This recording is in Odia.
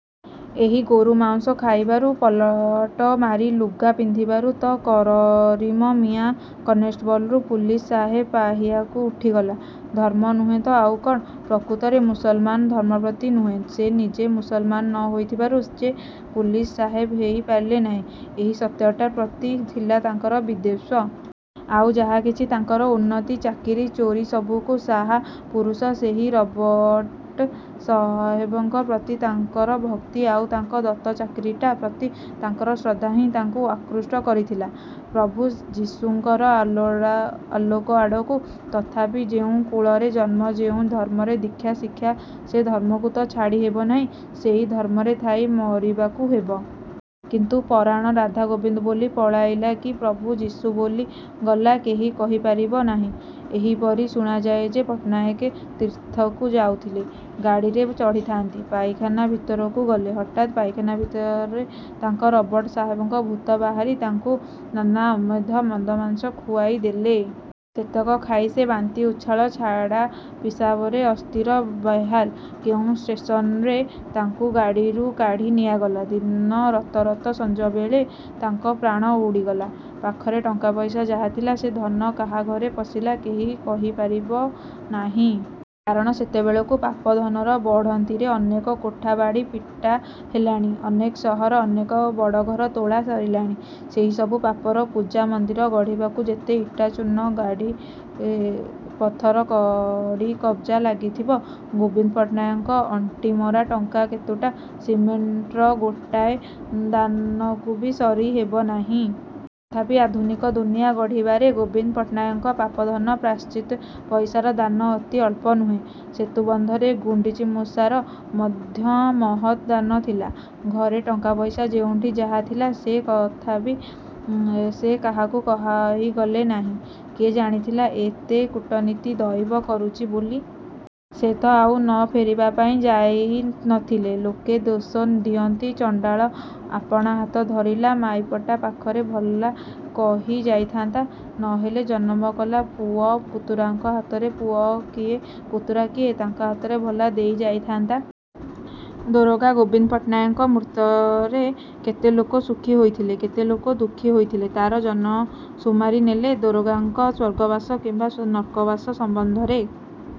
ଏହି ଗୋରୁ ମାଉଁସ ଖାଇବାରୁ ପାଲଟ ମାରି ଲୁଗା ପିନ୍ଧିବାରୁ ତ କରିମ ମିଆଁ କନେଷ୍ଟବଲରୁ ପୁଲିସ ସାହେବ ପାହିଆକୁ ଉଠିଗଲା। ଧର୍ମ ନୁହେଁ ତ ଆଉ କଣ? ପ୍ରକୃତରେ ମୁସଲମାନ ଧର୍ମ ପ୍ରତି ନୁହେଁ, ସେ ନିଜେ ମୁସଲମାନ ନ ହୋଇଥିବାରୁ ଯେ ପୁଲିସ ସାହେବ ହେଇ ପାରିଲେ ନାହିଁ, ଏହି ସତ୍ୟଟା ପ୍ରତି ଥିଲା ତାଙ୍କର ବିଦ୍ୱେଷ। ଆଉ ଯାହା କିଛି ତାଙ୍କର ଉନ୍ନତି, ଚାକିରି, ଚୋରି ସବୁକୁ ସାହା ପୁରୁଷ ସେହି ରବଟ ସାହେବଙ୍କ ପ୍ରତି ତାଙ୍କର ଭକ୍ତି ଆଉ ତାଙ୍କ ଦତ୍ତ ଚାକିରିଟା ପ୍ରତି ତାଙ୍କର ଶ୍ରଦ୍ଧାହିଁ ତାଙ୍କୁ ଆକୃଷ୍ଟ କରିଥିଲା ପ୍ରଭୁ ଯିଶୁଙ୍କର ଆଲୋକ ଆଡ଼କୁ। ତଥାପି ଯେଉଁ କୁଳରେ ଜନ୍ମ ଯେଉଁ ଧର୍ମରେ ଦୀକ୍ଷା ଶିକ୍ଷା ସେ ଧର୍ମକୁ ତ ଛାଡ଼ି ହେବ ନାହିଁ ସେଇ ଧର୍ମରେ ଥାଇ ମରିବାକୁ ହେବ। କିନ୍ତୁ ପରାଣ ରାଧା ଗୋବିନ୍ଦ ବୋଲି ପଳେଇଲା କି ପ୍ରଭୁ ଯିଶୁ ବୋଲି ଗଲା କେହି କହି ପାରିବ ନାହିଁ। ଏହିପରି ଶୁଣାଯାଏ ଯେ ପଟ୍ଟନାୟକେ ତୀର୍ଥକୁ ଯାଉଥିଲେ। ଗାଡ଼ିରେ ଚଢ଼ିଥାନ୍ତି। ପାଇଖାନା ଭିତରକୁ ଗଲେ। ହଠାତ ପାଇଖାନା ଭିତରେ ତାଙ୍କ ରବଟ ସାହେବଙ୍କ ଭୂତ ବାହାରି ତାଙ୍କୁ ନାନା ଅମେଧ୍ୟ ମଦମାଂସ ଖୁଆଇ ଦେଲେ। ସେତେକ ଖାଇ ସେ ବାନ୍ତି ଉଚ୍ଛାଳ, ଝାଡ଼ା ପିସାବରେ ଅସ୍ଥିର ବେହାଲ୍। କେଉଁ ଷ୍ଟେସନରେ ତାଙ୍କୁ ଗାଡ଼ିରୁ କାଢ଼ି ନିଆଗଲା। ଦିନ ରତ ରତ ସଞ୍ଜବେଳେ ତାଙ୍କ ପ୍ରାଣ ଉଠିଗଲା। ପାଖରେ ଟଙ୍କାପଇସା ଯାହାଥିଲା ସେ ଧନ କାହାଘରେ ପଶିଲା କେହି କହି ପାରିବ ନାହିଁ। କାରଣ ସେତେବେଳକୁ ପାପ ଧନର ବଢ଼ନ୍ତିରେ ଅନେକ କୋଠା ବାଡ଼ି ପିଟା ହେଲାଣି। ଅନେକ ସହର, ଅନେକ ବଡ଼ଘର ତୋଳା ସରିଲାଣି। ସେଇ ସବୁ ପାପର ପୂଜା ମନ୍ଦିର ଗଢ଼ିବାକୁ ଯେତେ ଇଟା ଚୂନ ଗୋଡ଼ି ପଥର କଡ଼ି କବ୍ଜା ଲାଗିଥିବ ଗୋବିନ୍ଦ ପଟ୍ଟନାୟକଙ୍କ ଅଣ୍ଟିମରା ଟଙ୍କା କେତୁଟା ସିମେଣ୍ଟର ଗୋଟାଏ ଦାନକୁବି ସରିହେବ ନାହିଁ। ତଥାପି ଆଧୁନିକ ଦୁନିଆ ଗଢ଼ିବାରେ ଗୋବିନ୍ଦ ପଟ୍ଟନାୟକଙ୍କ ପାପ ଧନ ପ୍ରାୟଶ୍ଚିତ୍ତ ପଇସାର ଦାନ ଅତି ଅଳ୍ପ ନୁହେଁ। ସେତୁବନ୍ଧରେ ଗୁଣ୍ଡୁଚିମୂଷାର ମଧ୍ୟ ମହତ୍ ଦାନ ଥିଲା। ଘରେ ଟଙ୍କାପଇସା ଯେଉଁଠି ଯାହା ଥିଲା ସେ କଥାବି ସେ କାହାକୁ କହିଗଲେ ନାହିଁ। କିଏ ଜାଣିଥିଲା ଏତେ କୂଟନୀତି ଦଇବ କରୁଚି ବୋଲି? ସେ ତ ଆଉ ନ ଫେରିବାପାଇଁ ଯାଇ ନଥିଲେ। ଲୋକେ ଦୋଷ ଦିଅନ୍ତି ଚଣ୍ଡାଳ, ଆପଣ ହାତ ଧରିଲା ମାଇପଟା ପାଖରେ ଭଲା କହି ଯାଇଥାନ୍ତା। ନ ହେଲା ଜନମ କଲା ପୁଅ ପୁତୁରାଙ୍କ ହାତରେ ପୁଅ କିଏ ପୁତୁରା କିଏ ତାଙ୍କ ହାତରେ ଭଲା ଦେଇଯାଇଥାନ୍ତା! ଦୋରୋଗା ଗୋବିନ୍ଦ ପଟ୍ଟନାୟକଙ୍କ ମୃତ୍ୟୁରେ କେତେ ଲୋକ ସୁଖୀ ହୋଇଥିଲେ, କେତେ ଲୋକ ଦୁଃଖୀ ହୋଇଥିଲେ ତାର ଜନସୁମାରି ନେଲେ ଦୋରୋଗାଙ୍କ ସ୍ୱର୍ଗବାସ କିମ୍ୱା ନର୍କବାସ ସମ୍ୱନ୍ଧରେ